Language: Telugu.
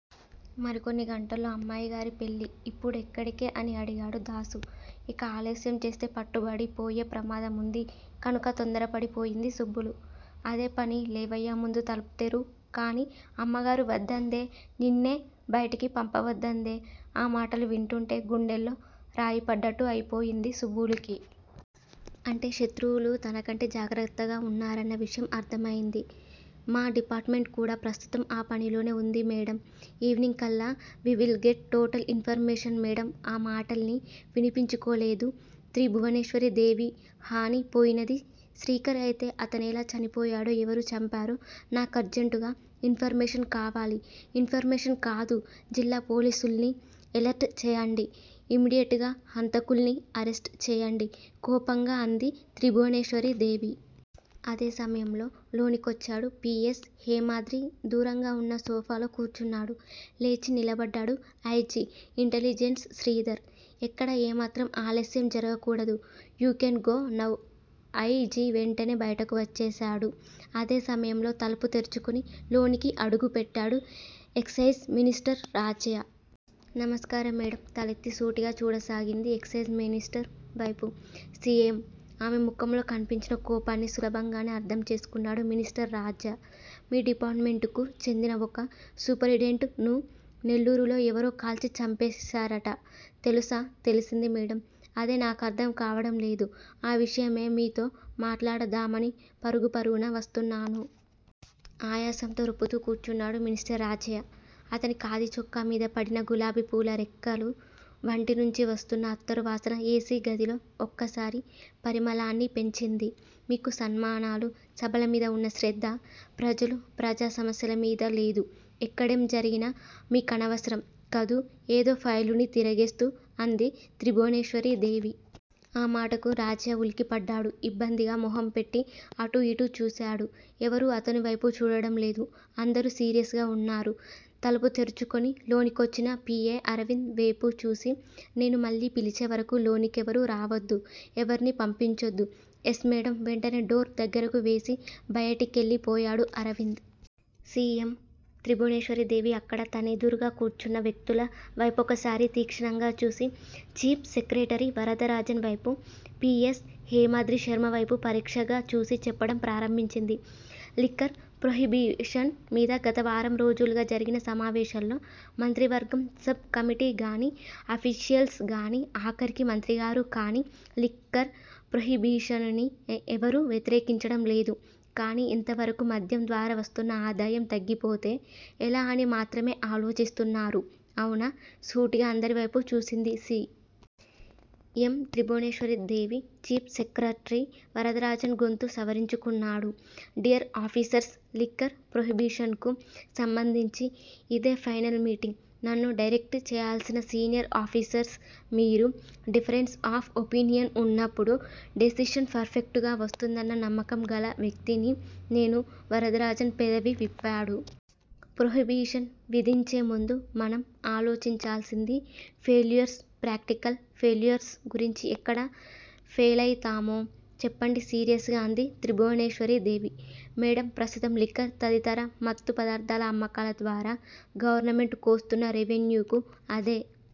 మరికొన్ని గంటల్లో అమ్మాయి గారి పెళ్ళి. ఇప్పుడెక్కడికే? అని అడిగాడు దాసు. ఇక ఆలస్యం చేస్తే పట్టుబడిపోయే ప్రమాదముంది కనుక తొందరపడి పోయింది సుబ్బులు. అదే పని లేవయ్యా ముందు తలుపు తెరువ్ కానీ అమ్మగారు వద్దందే నిన్నే బయటికి పంపవద్దందే ఆ మాటలు వింటుంటే గుండెల్లో రాయి పడ్డట్టు అయిపొయింది సుబ్బులుకి. అంటే శత్రువులు తనకంటే జాగ్రత్తగా వున్నారన్న విషయం అర్థమయింది. మా డిపార్టుమెంట్ కూడా ప్రస్తుతం ఆ పనిలోనే ఉంది మేడమ్ ఈవెనింగ్ కల్లా we will get total information madam ఆ మాటల్ని విన్పించుకోలేదు త్రిభువనేశ్వరీ దేవి హని పోయినది శ్రీకర్ అయితే అతనెలా చనిపోయాడో ఎవరు చంపారో నా కర్జంటుగా ఇన్ ఫర్ మేషన్ కావాలి ఇన్ ఫర్ మేషన్ కాదు జిల్లా పోలీసుల్ని ఎలర్టు చెయ్యండి ఇమ్మీడియట్ గా హంతకుల్ని అరెస్ట్ చెయ్యండి కోపంగా అంది త్రిభువనేశ్వరీ దేవి. అదే సమయంలో, లోనికొచ్చాడు పి. ఎస్. హేమాద్రి దూరంగా ఉన్న సోఫాలో కూర్చున్నాడు. లేచి నిలబడ్డాడు ఐ. జి. ఇంటెలిజెన్స్ శ్రీధర్. ఎక్కడా ఏమాత్రం ఆలస్యం జరగకూడదు you can go now I. G. వెంటనే బయటకు వచ్చేసాడు. అదే సమయంలో తలుపు తెరచుకుని, లోనికి అడుగుపెట్టాడు ఎక్సయిజ్ మినిస్టర్ రాజ్య. నమస్కారం మేడమ్ తలెత్తి, సూటిగా చూడసాగింది ఎక్సయిజ్ మినిస్టర్ వైపు సి. ఎం. ఆమె ముఖ్మలో కన్పించిన కోపాన్ని సులభంగానే అర్ధం చేసుకున్నాడు మినిస్టర్ రాజ్య. మీ డిపార్టుమెంటుకు చెందిన ఒక సూపరింటెండెంట్ ను నెల్లూరులో ఎవరో కాల్చి చంపేసార్ట తెలుసా తెల్సింది మేడమ్ అదే నాకర్ధం కావడం లేదు ఆ విషయమే మీతో మాట్లాడదామని, పరుగు పరుగున వస్తున్నాను. ఆయాసంతో రొప్పుతూ కూర్చున్నాడు మినిస్టర్ రాజ్య. అతని ఖాదీ చొక్కామీద పడిన గులాబీపూల రెక్కలు వంటి నుంచి వస్తున్న అత్తరు వాసన ఏసీ గదిలో ఒక్కసారి పరిమళాన్ని పెంచింది. మీకు సన్మానాలు సభల మీద వున్న శ్రద్ద- ప్రజలు ప్రజా సమస్యల మీద లేదు ఎక్కడేం జరిగినా మీకనవసరం కదూ ఏదో ఫైలుని తిరగేస్తూ అంది త్రిభువనేశ్వరీ దేవి. ఆ మాటకు రాజ్య ఉలిక్కిపడ్డాడు ఇబ్బందిగా మొహం పెట్టి అటూ యిటూ చూసాడు. ఎవరూ అతని వైపు చూడడంలేదు అందరూ సీరియస్ గా ఉన్నారు తలుపు తెరచుకొని లోనికొచ్చిన పి. ఎ. అరవింద్ వేపు చూసి- నేను మళ్ళీ పిలిచే వరకూ లోనికెవరూ రావద్దు ఎవర్నీ పంపించొద్దు ఎస్ మేడమ్ వెంటనే డోర్ దగ్గరకు వేసి, బయటికెళ్ళి పోయాడు అరవింద్. సి. ఎమ్. త్రిభువనేశ్వరీ దేవి అక్కడ తనెదురుగా కూర్చున్న వ్యక్తుల వైపొకసారి తీక్షణంగా చూసి- చీఫ్ సెక్రట్రీ వరదరాజన్ వైపు, పి. ఎస్. హేమాద్రిశర్మ వైపు పరీక్షగా చూసి చెప్పడం ప్రారంభించింది. లిక్కర్ ప్రొహిబిషన్ మీద గత వారం రోజులుగా, జరిగిన సమావేశాల్లో మంత్రివర్గం సబ్ కమిటీగాని, అఫీషియల్స్ గానీ, ఆఖరికి మంత్రిగారు కానీ, లిక్కర్ ప్రొహిబిషన్ ని ఎవరూ వ్యతిరేకించడం లేదు కానీ ఇంతవరకూ మద్యం ద్వారా వస్తున్న ఆదాయం తగ్గిపోతే ఎలా అని మాత్రమే ఆలోచిస్తున్నారు అవునా సూటిగా అందరి వైపూ చూసింది C. M. Tribhuvaneshwari Devi. Chief secretary Varadarajan గొంతు సవరించుకున్నాడు. డియర్ ఆఫీసర్స్ లిక్కర్ ప్రొహిబిషన్ కు సంబంధించి ఇదే ఫైనల్ మీటింగ్ నన్ను డైరెక్ట్ చెయ్యాల్సిన సీనియర్ ఆఫీసర్స్ మీరు డిఫరెన్స్ ఆఫ్ ఒపీనియన్ ఉన్నప్పుడు డెసిషన్ పర్ ఫెక్టుగా వస్తుందన్న నమ్మకం గల వ్యక్తిని నేను వరదరాజన్ పెదవి విప్పాడు. ప్రొహిబిషన్ విధించేముందు, మనం ఆలోచించాల్సింది ఫెయిల్యూర్స్ ప్రాక్టికల్ ఫెయిల్యూర్స్ గురించి ఎక్కడ ఫెయిలౌతామో చెప్పండి సీరియస్ గా అంది త్రిభువనేశ్వరీ దేవి. మేడమ్ ప్రస్తుతం లిక్కర్ తదితర మత్తు పదార్ధాల అమ్మకాల ద్వారా గవర్నమెంట్ కొస్తున్న రెవెన్యూకు, అదే